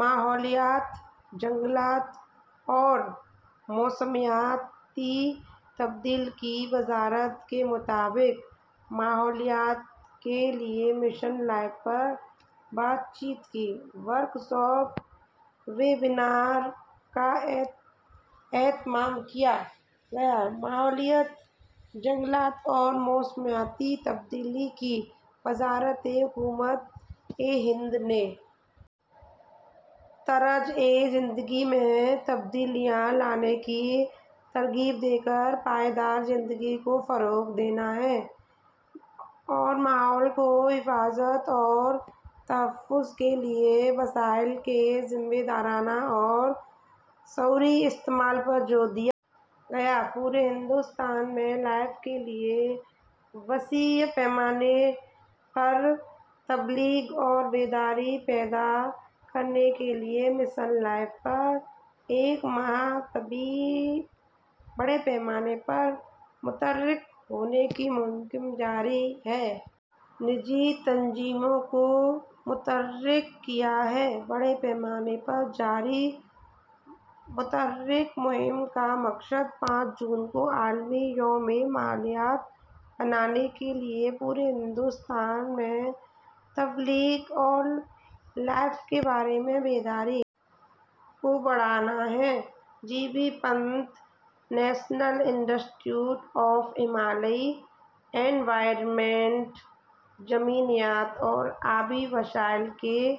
ماحولیات جنگلات اور موسمیاتی تبدیلی کی وزارت کے مطابق ماحولیات کے لیے مشن لائف پر مذاکراتی ورکشاپ اور ویبینار کا اہتمام کیا گیا ماحولیات جنگلات اور موسمیاتی تبدیلی کی وزارت حکومت ہند نے طرز زندگی میں تبدیلیاں لانے کی ترغیب دے کر پائیدار زندگی کو فروغ دینا ہے اور ماحول کی حفاظت اور تحفظ کے لیے وسائل کے ذمہ دارانہ اور شعوری استعمال پر زور دیا گیا ہے پورے ہندوستان میں لائف کے لیے وسیع پیمانے پر تبلیغ اور بیداری پیدا کرنے کے لیے مشن لائف پر ایک ماہ طویل بڑے پیمانے پر متحرک ہونے کی مہم جاری ہے نجی تنظیموں کو متحرک کیا ہے بڑے پیمانے پر جاری متحرک مہم کا مقصد پانچ جون کو عالمی یوم ماحولیات منانے کے لیے پورے ہندوستان میں تبلیغ اور لائف کے بارے میں بیداری کو بڑھانا ہے جی بی پنت نیشنل انسٹی ٹیوٹ آف ہمالیائی ماحولیات ارضیات و آبی وسائل کے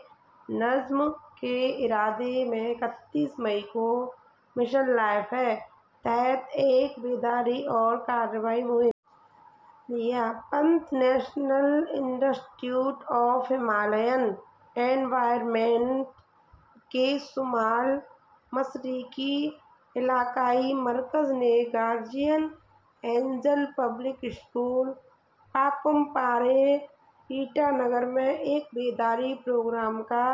نظم کے ادارے نے اکتیس مئی کو مشن لائف کے تحت ایک بیداری اور کارروائی مہم لیا پنت نیشنل انسٹی ٹیوٹ آف ہمالین انوائرنمنٹ کے شمال مشرقی علاقائی مرکز نے Guardian Angel Public School Papum Pare ایٹا نگر میں ایک بیداری پروگرام کا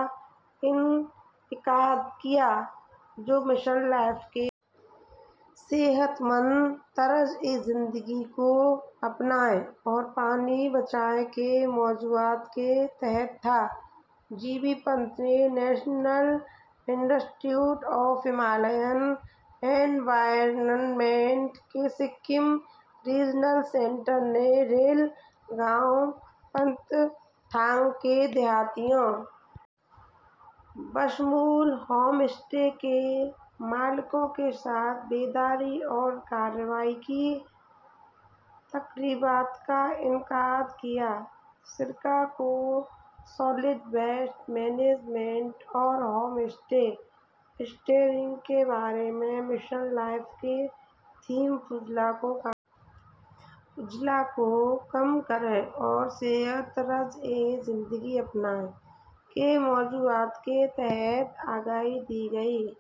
انعقاد کیا جو مشن لائف کے صحت مند طرز زندگی کو اپنائیں اور پانی بچائیں کے موضوعات کے تحت تھا جی بی پنت نیشنل انسٹی ٹیوٹ آف ہمالین انوائرنمنٹ کے سکم ریجنل سینٹر نے ریل گاؤں پنگتھانگ کے دیہاتیوں بشمول ہوم اسٹے کے مالکان کے ساتھ بیداری اور کارروائی تقریبات کا انعقاد کیا شرکا کو سالڈ ویسٹ مینجمنٹ اور ہوم اسٹے اسٹیئرنگ کے بارے میں مشن لائف کے تھیم فضلہ کو کم کریں اور صحت مند طرز زندگی اپنائیں موضوعات کے تحت آگاہی دی گئی